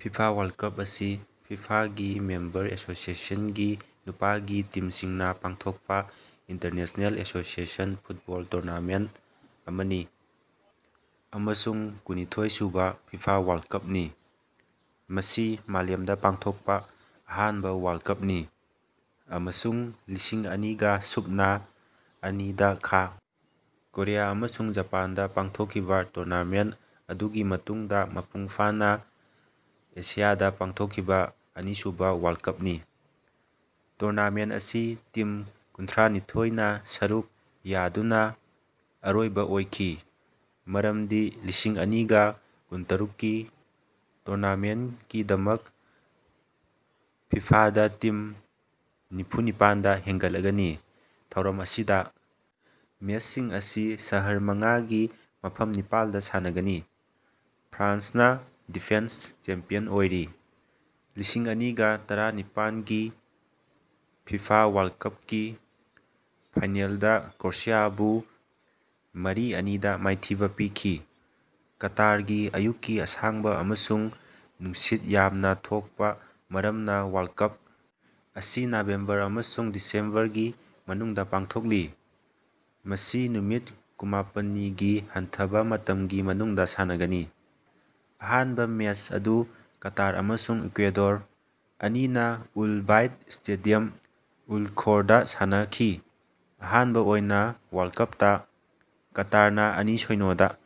FIFA world cup ꯑꯁꯤ ꯐꯤꯐꯥꯒꯤ member ꯑꯦꯁꯣꯁꯤꯑꯦꯁꯟꯁꯤꯡꯒꯤ ꯅꯨꯄꯥꯒꯤ ꯇꯤꯝꯁꯤꯡꯅꯥ ꯄꯥꯡꯊꯣꯛꯄꯥ ꯏꯟꯇꯔꯅꯦꯁꯅꯦꯜ ꯑꯦꯁꯣꯁꯤꯑꯦꯁꯟ ꯐꯨꯠꯕꯣꯜ ꯇꯨꯔꯅꯥꯃꯦꯟ ꯑꯃꯅꯤ, ꯑꯃꯁꯨꯡ ꯀꯨꯟꯅꯤꯊꯣꯏ ꯁꯨꯕꯥ ꯐꯤꯐꯥ ꯋꯥꯔꯜ ꯀꯞꯅꯤ꯫ ꯃꯁꯤ ꯃꯥꯂꯦꯝꯗꯥ ꯄꯥꯡꯊꯣꯛꯄ ꯑꯍꯥꯟꯕ ꯋꯥꯔꯜꯗ ꯀꯞꯅꯤ, ꯑꯃꯁꯨꯡ ꯂꯤꯁꯤꯡ ꯑꯅꯤꯒ ꯁꯨꯞꯅꯥ ꯑꯅꯤꯗꯥ ꯈꯥ ꯀꯣꯔꯤꯌꯥ ꯑꯃꯁꯨꯡ ꯖꯄꯥꯟꯗ ꯄꯥꯡꯊꯣꯛꯈꯤꯕ ꯇꯨꯔꯅꯥꯃꯦꯟ ꯑꯗꯨꯒꯤ ꯃꯇꯨꯡꯗ ꯃꯄꯨꯡ ꯐꯥꯅ ꯑꯦꯁꯤꯌꯥꯗ ꯄꯥꯡꯊꯣꯛꯈꯤꯕ ꯑꯅꯤꯁꯨꯕ ꯋꯥꯔꯜ ꯀꯞꯅꯤ꯫ ꯇꯨꯔꯅꯥꯃꯦꯟ ꯑꯁꯤ ꯇꯤꯝ ꯀꯨꯟꯊ꯭ꯔꯥꯅꯤꯊꯣꯏꯅꯥ ꯁꯔꯨꯛ ꯌꯥꯗꯨꯅ ꯑꯔꯣꯏꯕ ꯑꯣꯏꯈꯤ, ꯃꯔꯝꯗꯤ ꯂꯤꯁꯤꯡ ꯑꯅꯤꯒ ꯀꯨꯟꯇꯔꯨꯛꯀꯤ ꯇꯨꯔꯅꯥꯃꯦꯟꯀꯤꯗꯃꯛ ꯐꯤꯐꯥꯗ ꯇꯤꯝ ꯅꯤꯐꯨꯅꯤꯄꯥꯟꯗꯥ ꯍꯦꯟꯒꯠꯂꯒꯅꯤ꯫ ꯊꯧꯔꯝ ꯑꯁꯤꯗ ꯃꯦꯁꯁꯤꯡ ꯑꯁꯤ ꯁꯍꯔ ꯃꯉꯥꯒꯤ ꯃꯐꯝ ꯅꯤꯄꯥꯜꯗ ꯁꯥꯟꯅꯒꯅꯤ꯫ ꯐ꯭ꯔꯥꯟꯁꯅꯥ ꯗꯤꯐꯦꯟꯁ ꯆꯦꯝꯄꯤꯌꯟ ꯑꯣꯏꯔꯤ, ꯂꯤꯁꯤꯡ ꯑꯅꯤꯒ ꯇꯔꯥꯅꯤꯄꯥꯜꯒꯤ ꯐꯤꯐꯥ ꯋꯥꯔꯜ ꯀꯞꯀꯤ ꯐꯥꯏꯅꯦꯜꯗꯥ ꯀ꯭ꯔꯣꯌꯦꯁꯤꯌꯥꯕꯨ ꯃꯔꯤ-ꯑꯅꯤ ꯗꯥ ꯃꯥꯏꯊꯤꯕ ꯄꯤꯈꯤ꯫ ꯀꯇꯥꯔꯒꯤ ꯑꯌꯨꯛꯀꯤ ꯑꯁꯥꯡꯕ ꯑꯃꯁꯨꯡ ꯅꯨꯡꯁꯤꯠ ꯌꯥꯝꯅ ꯊꯣꯛꯄ ꯃꯔꯝꯅ ꯋꯥꯔꯜ ꯀꯞ ꯑꯁꯤ ꯅꯕꯦꯝꯕꯔ ꯑꯃꯁꯨꯡ ꯗꯤꯁꯦꯝꯕꯔꯒꯤ ꯃꯅꯨꯡꯗꯥ ꯄꯥꯡꯊꯣꯛꯂꯤ꯫ ꯃꯁꯤ ꯅꯨꯃꯤꯠ ꯀꯨꯟꯃꯥꯄꯜꯅꯤꯒꯤ ꯍꯟꯊꯕ ꯃꯇꯝꯒꯤ ꯃꯅꯨꯡꯗ ꯁꯥꯟꯅꯒꯅꯤ꯫ ꯑꯍꯥꯟꯕ ꯃꯦꯁ ꯑꯗꯨ ꯀꯇꯥꯔ ꯑꯃꯁꯨꯡ ꯏꯀ꯭ꯨꯋꯥꯗꯣꯔ ꯑꯅꯤꯅ ꯋꯤꯜ ꯕꯥꯏꯠ ꯁ꯭ꯇꯦꯗꯤꯌꯝ, ꯋꯤꯜ ꯈꯣꯔꯗꯥ ꯁꯥꯟꯅꯈꯤ꯫ ꯑꯍꯥꯟꯕ ꯑꯣꯏꯅ ꯋꯥꯔꯜ ꯀꯞꯇꯥ ꯀꯇꯥꯔꯅꯥ ꯑꯅꯤ-ꯁꯤꯅꯣ ꯗ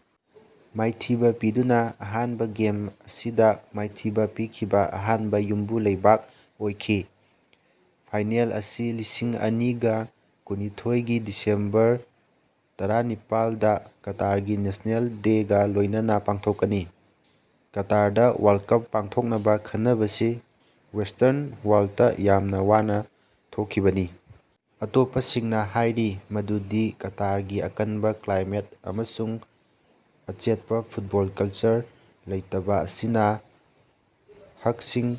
ꯃꯥꯏꯊꯤꯕ ꯄꯤꯗꯨꯅ ꯑꯍꯥꯟꯕ ꯒꯦꯝ ꯑꯁꯤꯗ ꯃꯥꯏꯊꯤꯕ ꯄꯤꯈꯤꯕ ꯑꯍꯥꯟꯕ ꯌꯨꯝꯕꯨ ꯂꯩꯄꯥꯛ ꯑꯣꯏꯈꯤ꯫ ꯐꯥꯏꯅꯦꯜ ꯑꯁꯤ ꯂꯤꯁꯤꯡ ꯑꯅꯤꯒ ꯀꯨꯟꯅꯤꯊꯣꯏꯒꯤ ꯗꯤꯁꯦꯝꯕꯔ ꯇꯔꯥꯅꯤꯄꯥꯜꯗ ꯀꯇꯥꯔꯒꯤ ꯅꯦꯁꯅꯦꯜ ꯗꯦꯒꯥ ꯂꯣꯏꯅꯅ ꯄꯥꯡꯊꯣꯛꯀꯅꯤ꯫ ꯀꯇꯥꯔꯗꯥ ꯋꯥꯔꯜ ꯀꯞ ꯄꯥꯡꯊꯣꯛꯅꯕ ꯈꯟꯅꯕꯁꯤ ꯋꯦꯁꯇ꯭ꯔꯟ ꯋꯥꯔꯜꯇ ꯌꯥꯝꯅ ꯋꯥꯅ ꯊꯣꯛꯈꯤꯕꯅꯤ꯫ ꯑꯇꯣꯞꯄꯁꯤꯡꯅ ꯍꯥꯏꯔꯤ ꯃꯗꯨꯗꯤ ꯀꯇꯥꯔꯒꯤ ꯑꯀꯟꯕ ꯀ꯭ꯂꯥꯏꯃꯦꯠ ꯑꯃꯁꯨꯡ ꯑꯆꯦꯠꯄꯥ ꯐꯨꯠꯕꯣꯜ ꯀꯜꯆꯔ ꯂꯩꯇꯕꯥ ꯑꯁꯤꯅ ꯍꯛꯁꯤꯡ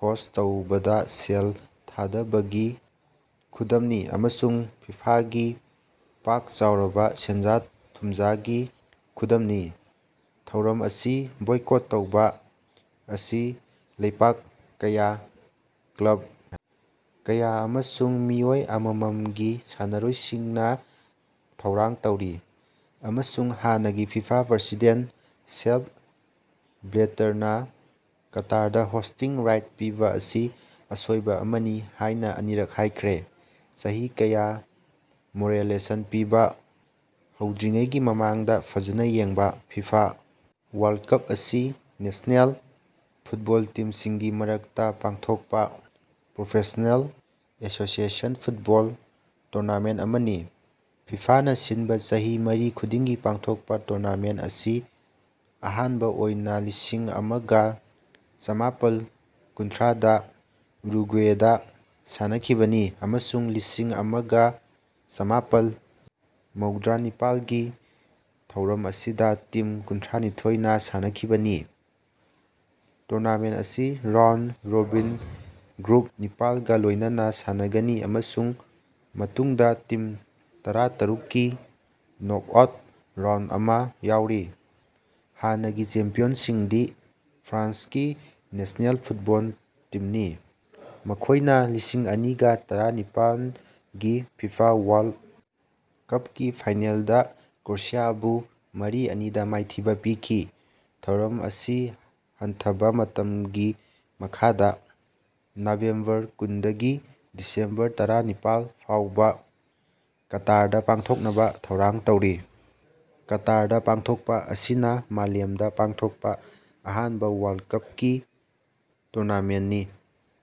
ꯍꯣꯁ꯭ꯠ ꯇꯧꯕꯗꯥ ꯁꯦꯜ ꯊꯥꯗꯕꯒꯤ ꯈꯨꯗꯝꯅꯤ ꯑꯃꯁꯨꯡ ꯐꯤꯐꯥꯒꯤ ꯄꯥꯛ ꯆꯥꯎꯔꯕ ꯁꯦꯟꯖꯥ- ꯊꯨꯝꯖꯥꯒꯤ ꯈꯨꯗꯝꯅꯤ꯫ ꯊꯧꯔꯝ ꯑꯁꯤ ꯕꯣꯏꯀꯣꯠ ꯇꯧꯕ ꯑꯁꯤ ꯂꯩꯕꯥꯛ ꯀꯌꯥ, ꯀ꯭ꯂꯕ ꯀꯌꯥ ꯑꯃꯁꯨꯡ ꯃꯤꯑꯣꯏ ꯑꯃꯃꯝꯒꯤ ꯁꯥꯟꯅꯔꯣꯏꯁꯤꯡꯅ ꯊꯧꯔꯥꯡ ꯇꯧꯔꯤ, ꯑꯃꯁꯨꯡ ꯍꯥꯟꯅꯒꯤ ꯐꯤꯐꯥ ꯄ꯭ꯔꯁꯤꯗꯦꯟ ꯁꯦꯞ ꯕ꯭ꯂꯦꯇꯔꯅꯥ ꯀꯇꯥꯔꯗ ꯍꯣꯁ꯭ꯇꯤꯡ ꯔꯥꯏꯠ ꯄꯤꯕ ꯑꯁꯤ ꯑꯁꯣꯏꯕ ꯑꯃꯅꯤ ꯍꯥꯏꯅ ꯑꯅꯤꯔꯛ ꯍꯥꯏꯈ꯭ꯔꯦ꯫ ꯆꯍꯤ ꯀꯌꯥ, ꯃꯣꯔꯦꯜ ꯂꯦꯁꯟ ꯄꯤꯕꯥ ꯍꯧꯗ꯭ꯔꯤꯉꯩꯒꯤ ꯃꯃꯥꯡꯗ ꯐꯖꯅ ꯌꯦꯡꯕ ꯐꯤꯐꯥ ꯋꯥꯔꯜꯗ ꯀꯞ ꯑꯁꯤ ꯅꯦꯁꯅꯦꯜ ꯐꯨꯠꯕꯣꯜ ꯇꯤꯝꯁꯤꯡꯒꯤ ꯃꯔꯛꯇ ꯄꯥꯡꯊꯣꯛꯄ ꯄ꯭ꯔꯣꯐꯦꯁ꯭ꯅꯦꯜ ꯑꯦꯁꯣꯁꯤꯑꯦꯁꯟ ꯐꯨꯠꯕꯣꯜ ꯇꯨꯔꯅꯥꯃꯦꯟ ꯑꯃꯅꯤ꯫ ꯐꯤꯐꯥꯅ ꯁꯤꯟꯕ ꯆꯍꯤ ꯃꯔꯤ ꯈꯨꯗꯤꯡꯒꯤ ꯄꯥꯡꯊꯣꯛꯄ ꯇꯨꯔꯅꯥꯃꯦꯟ ꯑꯁꯤ ꯑꯍꯥꯟꯕ ꯑꯣꯏꯅ ꯂꯤꯁꯤꯡ ꯑꯃꯒꯥ ꯆꯃꯥꯄꯜ ꯀꯨꯟꯊ꯭ꯔꯥꯗ ꯎꯔꯨꯒꯨꯋꯦꯗꯥ ꯁꯥꯟꯅꯈꯤꯕꯅꯤ, ꯑꯃꯁꯨꯡ ꯂꯤꯁꯤꯡ ꯑꯃꯒꯥ ꯆꯃꯥꯄꯜ ꯃꯧꯗ꯭ꯔꯥꯅꯤꯄꯥꯜꯒꯤ ꯊꯧꯔꯝ ꯑꯁꯤꯗ ꯇꯤꯝ ꯀꯨꯟꯊ꯭ꯔꯥꯅꯤꯊꯣꯏꯅꯥ ꯁꯥꯟꯅꯈꯤꯕꯅꯤ꯫ ꯇꯨꯔꯅꯥꯃꯦꯟ ꯑꯁꯤ ꯔꯥꯎꯟ-ꯔꯣꯕꯤꯟ ꯒ꯭ꯔꯨꯞ ꯅꯤꯄꯥꯜꯒꯥ ꯂꯣꯏꯅꯅꯥ ꯁꯥꯟꯅꯒꯅꯤ ꯑꯃꯁꯨꯡ ꯃꯇꯨꯡꯗꯥ ꯇꯤꯝ ꯇꯔꯥꯇꯔꯨꯛꯀꯤ ꯅꯣꯛꯑꯥꯎꯠ ꯔꯥꯎꯟ ꯑꯃ ꯌꯥꯎꯔꯤ꯫ ꯍꯥꯟꯅꯒꯤ ꯆꯦꯝꯄꯤꯌꯟꯁꯤꯡꯗꯤ ꯐ꯭ꯔꯥꯟꯁꯀꯤ ꯅꯦꯁ꯭ꯅꯦꯜ ꯐꯨꯠꯕꯣꯜ ꯇꯤꯝꯅꯤ, ꯃꯈꯣꯢꯅ ꯂꯤꯁꯤꯡ ꯑꯅꯤꯒ ꯇꯔꯥꯅꯤꯄꯥꯜꯒꯤ ꯐꯤꯐꯥ ꯋꯥꯔꯜ ꯀꯞꯀꯤ ꯐꯥꯏꯅꯦꯜꯗꯥ ꯀ꯭ꯔꯨꯁꯤꯌꯥꯕꯨ ꯃꯔꯤ- ꯑꯅꯤ ꯗꯥ ꯃꯥꯏꯊꯤꯕ ꯄꯤꯈꯤ꯫ ꯊꯧꯔꯝ ꯑꯁꯤ ꯍꯟꯊꯕ ꯃꯇꯝꯒꯤ ꯃꯈꯥꯗ, ꯅꯕꯦꯝꯕꯔ ꯀꯨꯟꯗꯒꯤ ꯗꯤꯁꯦꯝꯕꯔ ꯇꯔꯥꯅꯤꯄꯥꯜ ꯐꯥꯎꯕ ꯀꯇꯥꯔꯗꯥ ꯄꯥꯡꯊꯣꯛꯅꯕ ꯊꯧꯔꯥꯡ ꯇꯧꯔꯤ꯫ ꯀꯇꯥꯔꯗꯥ ꯄꯥꯡꯊꯣꯛꯄ ꯑꯁꯤꯅ ꯃꯥꯂꯦꯝꯗꯥ ꯄꯥꯡꯊꯣꯛꯄ ꯑꯍꯥꯟꯕ ꯋꯥꯔꯜꯗ ꯀꯞꯀꯤ ꯇꯨꯔꯅꯥꯃꯦꯟꯅꯤ꯫